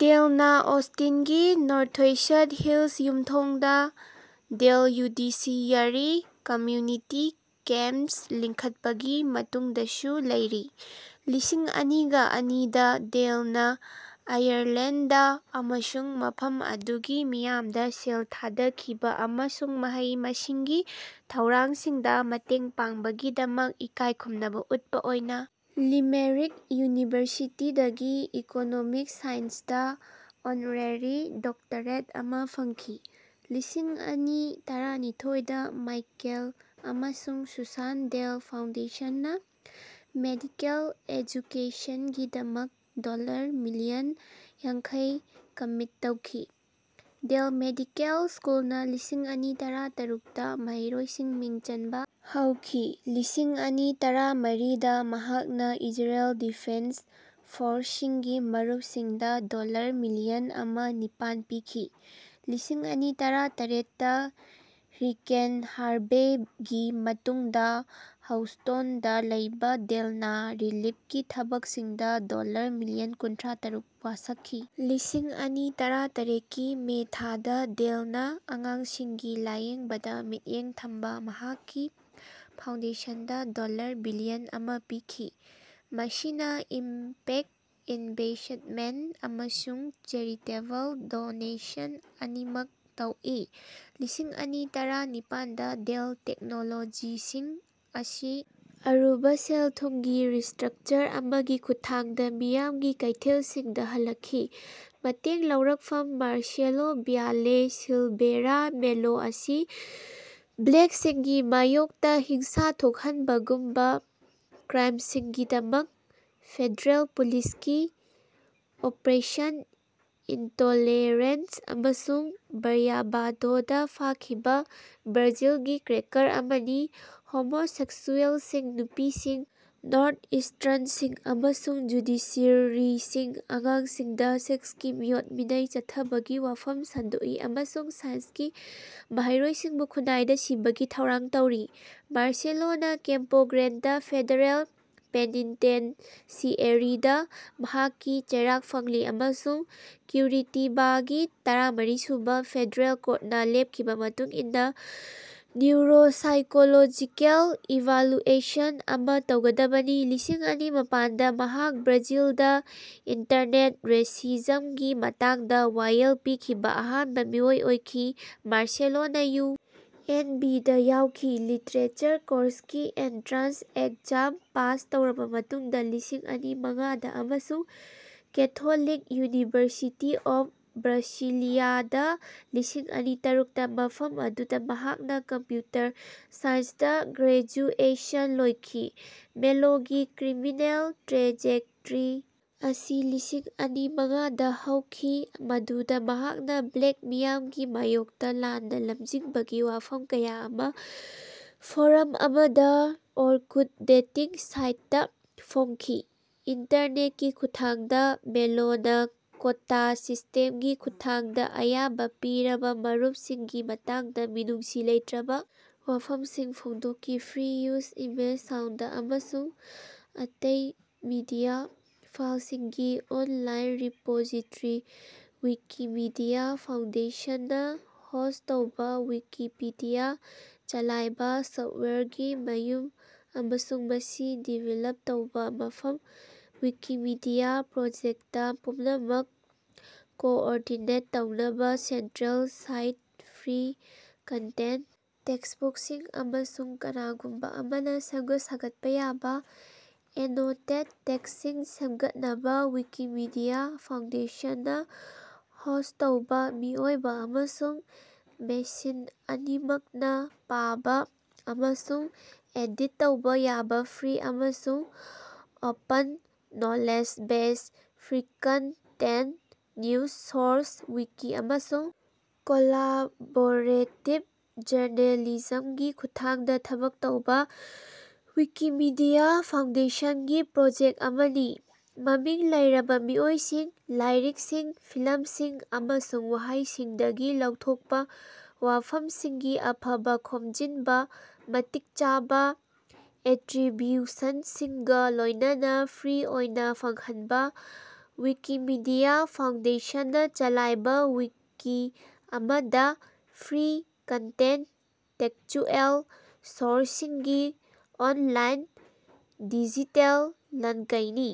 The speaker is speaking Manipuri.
ꯗꯦꯜꯅꯥ ꯑꯣꯁꯇꯤꯟꯒꯤ ꯅꯣꯔꯊꯋꯦꯁ꯭ꯠ ꯍꯤꯂꯁ ꯌꯨꯝꯊꯣꯡꯗꯥ ꯗꯦꯜ ꯖꯨꯗꯤꯁꯤꯌꯔꯤ ꯀꯝꯃ꯭ꯌꯨꯅꯤꯇꯤ ꯀꯦꯝꯄꯁ ꯂꯤꯡꯈꯠꯄꯒꯤ ꯃꯇꯨꯡꯗꯁꯨ ꯂꯩꯔꯤ꯫ ꯂꯤꯁꯤꯡ ꯑꯅꯤꯒ ꯑꯅꯤꯗꯥ ꯗꯦꯜꯅꯥ ꯑꯥꯌꯔꯂꯦꯟꯗ ꯑꯃꯁꯨꯡ ꯃꯐꯝ ꯑꯗꯨꯒꯤ ꯃꯤꯌꯥꯝꯗꯥ ꯁꯦꯜ ꯊꯥꯗꯈꯤꯕꯥ ꯑꯃꯁꯨꯡ ꯃꯍꯩ ꯃꯁꯤꯡꯒꯤ ꯊꯧꯔꯥꯡꯁꯤꯡꯗꯥ ꯃꯇꯦꯡ ꯄꯥꯡꯕꯒꯤꯗꯃꯛ ꯏꯀꯥꯏ ꯈꯨꯝꯅꯕꯥ ꯎꯠꯄꯥ ꯑꯣꯏꯅꯥ ꯂꯤꯃꯦꯔꯤꯛ ꯌꯨꯅꯤꯚꯔꯁꯤꯇꯤꯗꯒꯤ ꯏꯀꯣꯅꯣꯃꯤꯛ ꯁꯥꯏꯟꯁꯇꯥ ꯑꯣꯅꯔꯦꯔꯤ ꯗꯣꯛꯇꯔꯦꯠ ꯑꯃꯥ ꯐꯪꯈꯤ꯫ ꯂꯤꯁꯤꯡ ꯑꯅꯤ ꯇꯔꯥꯅꯤꯊꯣꯏꯗ ꯃꯥꯏꯀꯦꯜ ꯑꯃꯁꯨꯡ ꯁꯨꯁꯥꯟ ꯗꯦꯜ ꯐꯥꯎꯟꯗꯦꯁꯟꯅꯥ ꯃꯦꯗꯤꯀꯦꯜ ꯑꯦꯖꯨꯀꯦꯁꯟꯒꯤꯗꯃꯛ ꯗꯣꯜꯂꯔ ꯃꯤꯂꯤꯌꯟ ꯌꯥꯡꯈꯩ ꯀꯃꯤꯠ ꯇꯧꯈꯤ꯫ ꯗꯦꯜ ꯃꯦꯗꯤꯀꯦꯜ ꯁ꯭ꯀꯨꯜꯅꯥ ꯂꯤꯁꯤꯡ ꯑꯅꯤ ꯇꯔꯥ ꯇꯔꯨꯛꯇ ꯃꯍꯩꯔꯣꯏꯁꯤꯡ ꯃꯤꯡ ꯆꯟꯕꯥ ꯍꯧꯈꯤ꯫ ꯂꯤꯁꯤꯡ ꯑꯅꯤ ꯇꯔꯥ ꯃꯔꯤꯗ ꯃꯍꯥꯛꯅꯥ ꯏꯖꯔꯦꯜ ꯗꯤꯐꯦꯟꯁ ꯐꯣꯔꯁꯁꯤꯡꯒꯤ ꯃꯔꯨꯞꯁꯤꯡꯗꯥ ꯗꯣꯜꯂꯔ ꯃꯤꯂꯤꯌꯟ ꯑꯃ ꯅꯤꯄꯥꯟ ꯄꯤꯈꯤ꯫ ꯂꯤꯁꯤꯡ ꯑꯅꯤ ꯇꯔꯥ ꯇꯔꯦꯠ ꯇꯥ ꯍꯔꯤꯀꯦꯟ ꯍꯥꯔꯚꯦꯒꯤ ꯃꯇꯨꯡꯗꯥ ꯍꯧꯁ꯭ꯇꯣꯟꯗꯥ ꯂꯩꯕꯥ ꯗꯦꯜꯅꯥ ꯔꯤꯂꯤꯐꯀꯤ ꯊꯕꯛꯁꯤꯡꯗꯥ ꯗꯣꯜꯂꯔ ꯃꯤꯂꯤꯌꯟ ꯀꯨꯟꯊ꯭ꯔꯥ ꯇꯔꯨꯛ ꯋꯥꯁꯛꯈꯤ꯫ ꯂꯤꯁꯤꯡ ꯑꯅꯤ ꯇꯔꯥ ꯇꯔꯦꯠ ꯀꯤ ꯃꯦ ꯊꯥꯗꯥ ꯗꯦꯜꯅꯥ ꯑꯉꯥꯡꯁꯤꯡꯒꯤ ꯂꯥꯌꯦꯡꯕꯗꯥ ꯃꯤꯠꯌꯦꯡ ꯊꯝꯕꯥ ꯃꯍꯥꯛꯀꯤ ꯐꯥꯎꯟꯗꯦꯁꯟꯗꯥ ꯗꯣꯜꯂꯔ ꯕꯤꯂꯤꯌꯟ ꯑꯃ ꯄꯤꯈꯤ; ꯃꯁꯤꯅꯥ ꯏꯝꯄꯦꯛ ꯏꯟꯚꯦꯁꯠꯃꯦꯟꯠ ꯑꯃꯁꯨꯡ ꯆꯦꯔꯤꯇꯦꯕꯜ ꯗꯣꯅꯦꯁꯟ ꯑꯅꯤꯃꯛ ꯇꯧꯏ꯫ ꯂꯤꯁꯤꯡ ꯑꯅꯤ ꯇꯔꯥ ꯅꯤꯄꯥꯟꯗꯥ ꯗꯦꯜ ꯇꯦꯛꯅꯣꯂꯣꯖꯤꯁꯤꯡ ꯑꯁꯤ ꯑꯔꯨꯕꯥ ꯁꯦꯜ ꯊꯨꯝꯒꯤ ꯔꯤꯁ꯭ꯇꯔꯛꯆꯔ ꯑꯃꯒꯤ ꯈꯨꯠꯊꯥꯡꯗꯥ ꯃꯤꯌꯥꯝꯒꯤ ꯀꯩꯊꯦꯜꯁꯤꯡꯗꯥ ꯍꯜꯂꯛꯈꯤ꯫ ꯃꯇꯦꯡ ꯂꯧꯔꯛꯐꯝ ꯃꯥꯔꯁꯦꯂꯣ ꯚ꯭ꯌꯥꯂꯦ ꯁꯤꯂꯚꯦꯔꯥ ꯃꯦꯂꯣ ꯑꯁꯤ ꯕ꯭ꯂꯦꯛꯁꯤꯡꯒꯤ ꯃꯥꯌꯣꯛꯇꯥ ꯍꯤꯡꯁꯥ ꯊꯣꯛꯍꯟꯕꯒꯨꯝꯕꯥ ꯀ꯭ꯔꯥꯏꯝꯁꯤꯡꯒꯤꯗꯃꯛ ꯐꯦꯗꯔꯦꯜ ꯄꯨꯂꯤꯁꯀꯤ ꯑꯣꯄꯔꯦꯁꯟ ꯏꯟꯇꯣꯂꯦꯔꯦꯟꯁ ꯑꯃꯁꯨꯡ ꯕ꯭ꯔꯌꯥꯚꯥꯗꯣꯗꯥ ꯐꯥꯈꯤꯕꯥ ꯕ꯭ꯔꯥꯖꯤꯜꯒꯤ ꯀ꯭ꯔꯦꯀꯔ ꯑꯃꯅꯤ ꯍꯣꯃꯣꯁꯦꯛꯁꯨꯑꯦꯜꯁꯤꯡ ꯅꯨꯄꯤꯁꯤꯡ ꯅꯣꯔꯊ ꯏꯁ꯭ꯇꯔꯟꯁꯤꯡ ꯑꯃꯁꯨꯡ ꯖꯨꯗꯤꯁꯤꯌꯔꯤꯁꯤꯡ ꯑꯉꯥꯡꯁꯤꯡꯗꯥ ꯁꯦꯛꯁꯀꯤ ꯃꯤꯑꯣꯠ ꯃꯤꯅꯩ ꯆꯠꯊꯕꯒꯤ ꯋꯥꯐꯝ ꯁꯟꯗꯣꯛꯏ ꯑꯃꯁꯨꯡ ꯁꯥꯏꯟꯁꯀꯤ ꯃꯍꯩꯔꯣꯏꯁꯤꯡꯕꯨ ꯈꯨꯅꯥꯏꯗꯥ ꯁꯤꯕꯒꯤ ꯊꯧꯔꯥꯡ ꯇꯧꯔꯤ꯫ ꯃꯥꯔꯁꯦꯂꯣꯅꯥ ꯀꯦꯝꯄꯣ ꯒ꯭ꯔꯦꯟꯗ ꯐꯦꯗꯔꯦꯜ ꯄꯦꯅꯤꯟꯇꯦꯟꯁꯤꯑꯦꯔꯤꯗꯥ ꯃꯍꯥꯛꯀꯤ ꯆꯩꯔꯥꯛ ꯐꯪꯂꯤ ꯑꯃꯁꯨꯡ ꯀ꯭ꯌꯨꯔꯤꯇꯤꯕꯥꯒꯤ ꯇꯔꯥꯃꯔꯤ ꯁꯨꯕꯥ ꯐꯦꯗꯔꯦꯜ ꯀꯣꯔꯠꯅꯥ ꯂꯦꯞꯈꯤꯕꯥ ꯃꯇꯨꯡ ꯏꯟꯅꯥ ꯅ꯭ꯌꯨꯔꯣꯁꯥꯏꯀꯣꯂꯣꯖꯤꯀꯦꯜ ꯏꯚꯥꯂꯨꯑꯦꯁꯟ ꯑꯃꯥ ꯇꯧꯒꯗꯕꯅꯤ꯫ ꯂꯤꯁꯤꯡ ꯑꯅꯤ ꯃꯥꯄꯟꯗꯥ ꯃꯍꯥꯛ ꯕ꯭ꯔꯥꯖꯤꯜꯗꯥ ꯏꯟꯇꯔꯅꯦꯠ ꯔꯦꯁꯤꯖꯝꯒꯤ ꯃꯇꯥꯡꯗꯥ ꯋꯥꯌꯦꯜ ꯄꯤꯈꯤꯕꯥ ꯑꯍꯥꯟꯕꯥ ꯃꯤꯑꯣꯏ ꯑꯣꯏꯈꯤ ꯃꯥꯔꯁꯦꯂꯣꯅꯥ ꯌꯨ. ꯑꯦꯟ. ꯕꯤ. ꯗꯥ ꯌꯥꯎꯈꯤ ꯂꯤꯇꯔꯦꯆꯔ ꯀꯣꯔꯁꯀꯤ ꯑꯦꯟꯇ꯭ꯔꯥꯟꯁ ꯑꯦꯛꯖꯥꯝ ꯄꯥꯁ ꯇꯧꯔꯕꯥ ꯃꯇꯨꯡꯗꯥ ꯂꯤꯁꯤꯡ ꯑꯅꯤ ꯃꯉꯥꯗꯥ ꯑꯃꯁꯨꯡ ꯀꯦꯊꯣꯂꯤꯛ ꯌꯨꯅꯤꯚꯔꯁꯤꯇꯤ ꯑꯣꯐ ꯕ꯭ꯔꯥꯁꯤꯂꯤꯌꯥ ꯗꯥ ꯂꯤꯁꯤꯡ ꯑꯅꯤ ꯇꯔꯨꯛꯇ ꯃꯐꯝ ꯑꯗꯨꯗꯥ ꯃꯍꯥꯛꯅꯥ ꯀꯝꯄ꯭ꯌꯨꯇꯔ ꯁꯥꯏꯟꯁꯇꯥ ꯒ꯭ꯔꯦꯖꯨꯑꯦꯁꯟ ꯂꯣꯏꯈꯤ꯫ ꯃꯦꯂꯣꯒꯤ ꯀ꯭ꯔꯤꯃꯤꯅꯦꯜ ꯇ꯭ꯔꯦꯖꯦꯛꯇꯔꯤ ꯑꯁꯤ ꯂꯤꯁꯤꯡ ꯑꯅꯤ ꯃꯉꯥꯗꯥ ꯍꯧꯈꯤ ꯃꯗꯨꯗꯥ ꯃꯍꯥꯛꯅꯥ ꯕ꯭ꯂꯦꯛ ꯃꯤꯌꯥꯝꯒꯤ ꯃꯥꯌꯣꯛꯇꯥ ꯂꯥꯟꯅꯥ ꯂꯝꯖꯤꯡꯕꯒꯤ ꯋꯥꯐꯝ ꯀꯌꯥ ꯑꯃꯥ ꯐꯣꯔꯝ ꯑꯃꯗꯥ ꯑꯣꯔꯀꯨꯠ ꯗꯦꯇꯤꯡ ꯁꯥꯏꯠꯇꯥ ꯐꯣꯡꯈꯤ꯫ ꯏꯟꯇꯔꯅꯦꯠꯀꯤ ꯈꯨꯠꯊꯥꯡꯗꯥ ꯃꯦꯂꯣꯅꯥ ꯀꯣꯇꯥ ꯁꯤꯁ꯭ꯇꯦꯝꯒꯤ ꯈꯨꯠꯊꯥꯡꯗꯥ ꯑꯌꯥꯕꯥ ꯄꯤꯔꯕꯥ ꯃꯔꯨꯞꯁꯤꯡꯒꯤ ꯃꯇꯥꯡꯗꯥ ꯃꯤꯅꯨꯡꯁꯤ ꯂꯩꯇ꯭ꯔꯕꯥ ꯋꯥꯐꯝꯁꯤꯡ ꯐꯣꯡꯗꯣꯛꯈꯤ꯫ ꯐ꯭ꯔꯤ-ꯌꯨꯖ ꯏꯃꯦꯖ ꯁꯥꯎꯟꯗ ꯑꯃꯁꯨꯡ ꯑꯇꯩ ꯃꯤꯗꯤꯌꯥ ꯐꯥꯏꯜꯁꯤꯡꯒꯤ ꯑꯣꯟꯂꯥꯏꯟ ꯔꯤꯄꯣꯖꯤꯇꯔꯤ, ꯋꯤꯀꯤꯃꯤꯗꯤꯌꯥ ꯐꯥꯎꯟꯗꯦꯁꯟꯅꯥ ꯍꯣꯁ꯭ꯠ ꯇꯧꯕ ꯋꯤꯀꯤꯄꯤꯗꯤꯌꯥ ꯆꯂꯥꯏꯕꯥ ꯁꯣꯐꯇꯋꯥꯌꯔꯒꯤ ꯃꯌꯨꯝ ꯑꯃꯁꯨꯡ ꯃꯁꯤ ꯗꯤꯚꯦꯂꯞ ꯇꯧꯕꯥ ꯃꯐꯝ꯫ ꯋꯤꯀꯤꯃꯤꯗꯤꯌꯥ ꯄ꯭ꯔꯣꯖꯦꯛꯇ ꯄꯨꯝꯅꯃꯛ ꯀꯣꯑꯣꯔꯗꯤꯅꯦꯠ ꯇꯧꯅꯕꯥ ꯁꯦꯟꯇ꯭ꯔꯦꯜ ꯁꯥꯏꯠ ꯐ꯭ꯔꯤ ꯀꯟꯇꯦꯟꯠ ꯇꯦꯛꯁꯕꯨꯛꯁꯤꯡ ꯑꯃꯁꯨꯡ ꯀꯅꯥꯒꯨꯝꯕꯥ ꯑꯃꯅꯥ ꯁꯦꯝꯒꯠ ꯁꯥꯒꯠꯄ ꯌꯥꯕꯥ ꯑꯦꯅꯣꯇꯦꯗ ꯇꯦꯛꯁꯁꯤꯡ ꯁꯦꯝꯒꯠꯅꯕꯥ ꯋꯤꯀꯤꯃꯤꯗꯤꯌꯥ ꯐꯥꯎꯟꯗꯦꯁꯟꯅꯥ ꯍꯣꯁ꯭ꯠ ꯇꯧꯕꯥ ꯃꯤꯑꯣꯏꯕꯥ ꯑꯃꯁꯨꯡ ꯃꯦꯁꯤꯟ ꯑꯅꯤꯃꯛꯅꯥ ꯄꯥꯕꯥ ꯑꯃꯁꯨꯡ ꯑꯦꯗꯤꯠ ꯇꯧꯕꯥ ꯌꯥꯕꯥ ꯐ꯭ꯔꯤ ꯑꯃꯁꯨꯡ open knowledge base. Free content news source wiki ꯑꯃꯁꯨꯡ ꯀꯣꯂꯥꯕꯣꯔꯦꯇꯤꯕ ꯖꯔꯅꯦꯂꯤꯖꯝꯒꯤ ꯈꯨꯠꯊꯥꯡꯗꯥ ꯊꯕꯛ ꯇꯧꯕꯥ ꯋꯤꯀꯤꯃꯤꯗꯤꯌꯥ ꯐꯥꯎꯟꯗꯦꯁꯟꯒꯤ ꯄ꯭ꯔꯣꯖꯦꯛ ꯑꯃꯅꯤ꯫ ꯃꯃꯤꯡ ꯂꯩꯔꯕ ꯃꯤꯑꯣꯏꯁꯤꯡ ꯂꯥꯏꯔꯤꯛꯁꯤꯡ ꯐꯤꯂꯝꯁꯤꯡ ꯑꯃꯁꯨꯡ ꯋꯥꯍꯩꯁꯤꯡꯗꯒꯤ ꯂꯧꯊꯣꯛꯄꯥ ꯋꯥꯐꯝꯁꯤꯡꯒꯤ ꯑꯐꯕ ꯈꯣꯝꯖꯤꯟꯕ ꯃꯇꯤꯛ ꯆꯥꯕꯥ ꯑꯦꯇ꯭ꯔꯤꯕ꯭ꯌꯨꯁꯟꯁꯤꯡꯒꯥ ꯂꯣꯏꯅꯅꯥ ꯐ꯭ꯔꯤ ꯑꯣꯏꯅꯥ ꯐꯪꯍꯟꯕꯥ꯫ ꯋꯤꯀꯤꯃꯤꯗꯤꯌꯥ ꯐꯥꯎꯟꯗꯦꯁꯟꯅꯥ ꯆꯂꯥꯏꯕꯥ ꯋꯤꯀꯤ ꯑꯃꯗꯥ ꯐ꯭ꯔꯤ ꯀꯟꯇꯦꯟ ꯇꯦꯛꯆꯨꯑꯦꯜ ꯁꯣꯔꯁꯁꯤꯡꯒꯤ ꯑꯣꯟꯂꯥꯏꯟ ꯗꯤꯖꯤꯇꯦꯜ ꯂꯟꯀꯩꯅꯤ꯫